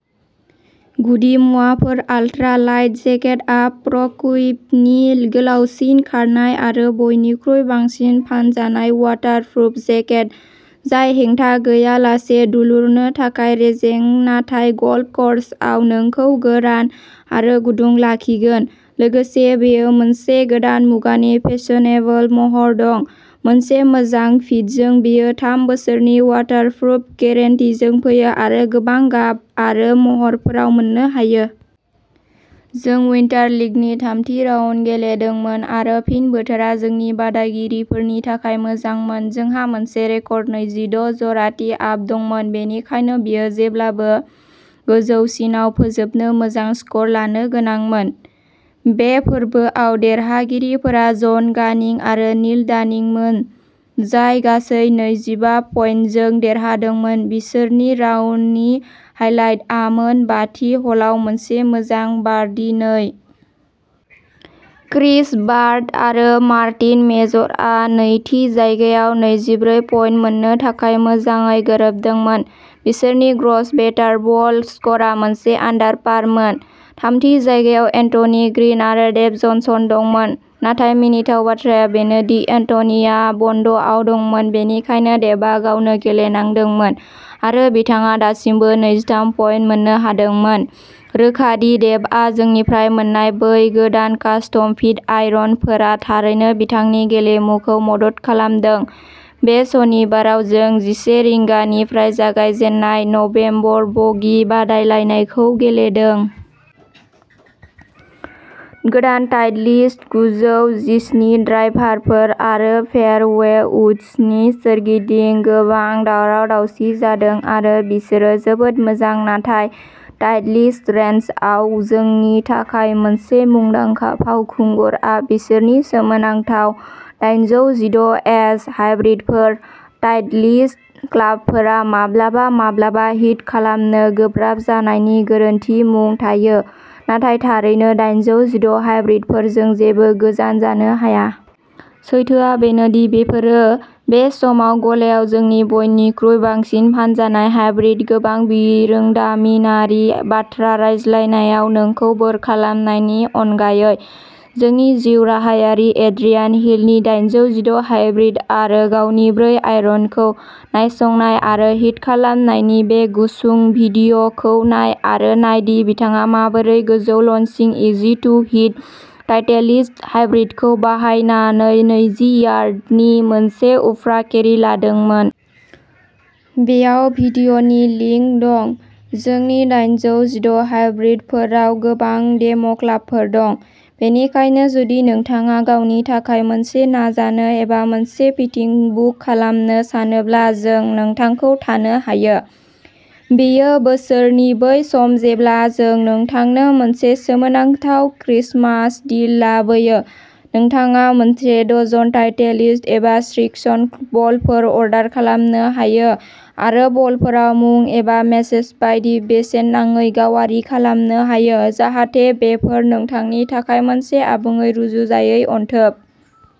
गुदिमुवाफोर ultra light जेकेटआ प्र'कुइपनि गोलावसिन खारनाय आरो बयनिख्रुइ बांसिन फानजानाय अवाटारप्रुफ जेकेट जाय हेंथा गैयालासे दुलुरनो थाखाय रेजें नाथाय गल्फ कर्सआव नोंखौ गोरान आरो गुदुं लाखिगोन लोगोसे बेयो मोनसे गोदान मुगानि फेशनेबल महर दं, मोनसे मोजां फिटजों, बेयो थाम बोसोरनि अवाटारप्रुफ गेरेन्टिजों फैयो आरो गोबां गाब आरो महरफोराव मोननो हायो। जों उइन्टार लिगनि थामथि राउन्ड गेलेदोंमोन आरो फिन बोथोरा जोंनि बादायगिरिफोरनि थाखाय मोजांमोन जोंहा मोनसे रेकर्ड नैजिद’ जरा टि आप दंमोन बेनिखायनो बेयो जेब्लाबो गोजौसिनाव फोजोबनो मोजां स्कर लानो गोनांमोन। बे फोरबोआव देरहागिरिफोरा जन गानिं आरो नील डानिंमोन जाय गासै नैजिबा पइन्टजों देरहादोंमोन बिसोरनि राउन्डनि हाइलाइटआमोन बाथि ह'लाव मोनसे मोजां बार्डी नै। क्रिस बार्ड आरो मार्टिन मेजरआ नैथि जायगायाव नैजिब्रै पइन्ट मोननो थाखाय मोजाङै गोरोबदोंमोन, बिसोरनि ग्र'स बेटार बल स्क'रआ मोनसे आन्डार पारमोन, थामथि जायगायाव एन्टनि ग्रिन आरो डेभ जनसन दंमोन, नाथाय मिनिथाव बाथ्राया बेनो दि एन्टनिआ बन्द'आव दंमोन बेनिखायनो डेभआ गावनो गेलेनांदोंमोन आरो बिथाङा दासिमबो नैजिथाम पइन्ट मोननो हादोंमोन, रोखा दि डेभआ जोंनिफ्राय मोननाय बै गोदान कास्टम फिट आयरनफोरा थारैनो बिथांनि गेलेमुखौ मदद खालामदों बे सनिबाराव जों जिसे रिंगानिफ्राय जागायजेननाय नबेम्बर बगि बादायलायनायखौ गेलेदों। गोदान टाइटलिस्ट गुजौ जिस्नि ड्राइभारफोर आरो फेयारवे उड्सनि सोरगिदिं गोबां दावराव-दावसि जादों आरो बिसोरो जोबोद मोजां नाथाय टाइटलिस्ट रेन्जआव जोंनि थाखाय मोनसे मुंदांखा फावखुंगुरआ बिसोरनि सोमोनांथाव दाइनजौ जिद’ एच हाइब्रिडफोर, टाइटलिस्ट क्लाबफोरा माब्लाबा माब्लाबा हिट खालामनो गोब्राब जानायनि गोरोन्थि मुं थायो नाथाय थारैनो दाइनजौ जिद’ हाइब्रिडफोरजों जेबो गोजान जानो हाया। सैथोआ बेनो दि बेफोरो बे समाव गलायाव जोंनि बयनिख्रुइ बांसिन फानजानाय हाइब्रिद गोबां बिरोंदामिनारि बाथ्रा रायज्लायनायाव नोंखौ बोर खालामनायनि अनगायै जोंनि जिउराहायारि एड्रियान हिलनि दाइनजौ जिद’ हाइब्रिद आरो गावनि ब्रै आयरनखौ नायसंनाय आरो हिट खालामनायनि बे गुसुं भिडिय'खौ नाय आरो नायदि बिथाङा माबोरै गोजौ launching easy to hit Titleist हाइब्रिदखौ बाहायनानै नैजि यार्डनि मोनसे उफ्रा केरि लादोंमोन। बेयाव भिडिय'नि लिंक दं। जोंनि दाइनजौ जिद’ हाइब्रिदफोराव गोबां डेम'क्लाबफोर दं, बेनिखायनो जुदि नोंथाङा गावनि थाखाय मोनसे नाजानो एबा मोनसे फिटिं बुक खालामनो सानोब्ला जों नोंथांखौ थानो हायो। बेयो बोसोरनि बै सम जेब्ला जों नोंथांनो मोनसे सोमोनांथाव क्रिसमास डिल लाबोयो, नोंथाङा मोनसे डजन टाइटेलिस्ट एबा श्रिक्सन बलफोर अर्डार खालामनो हायो आरो बलफोराव मुं एबा मेसेज बायदि बेसेन नाङै गावारि खालामनो हायो, जाहाथे बेफोर नोंथांनि थाखाय मोनसे आबुङै रुजुजायै अनथोब।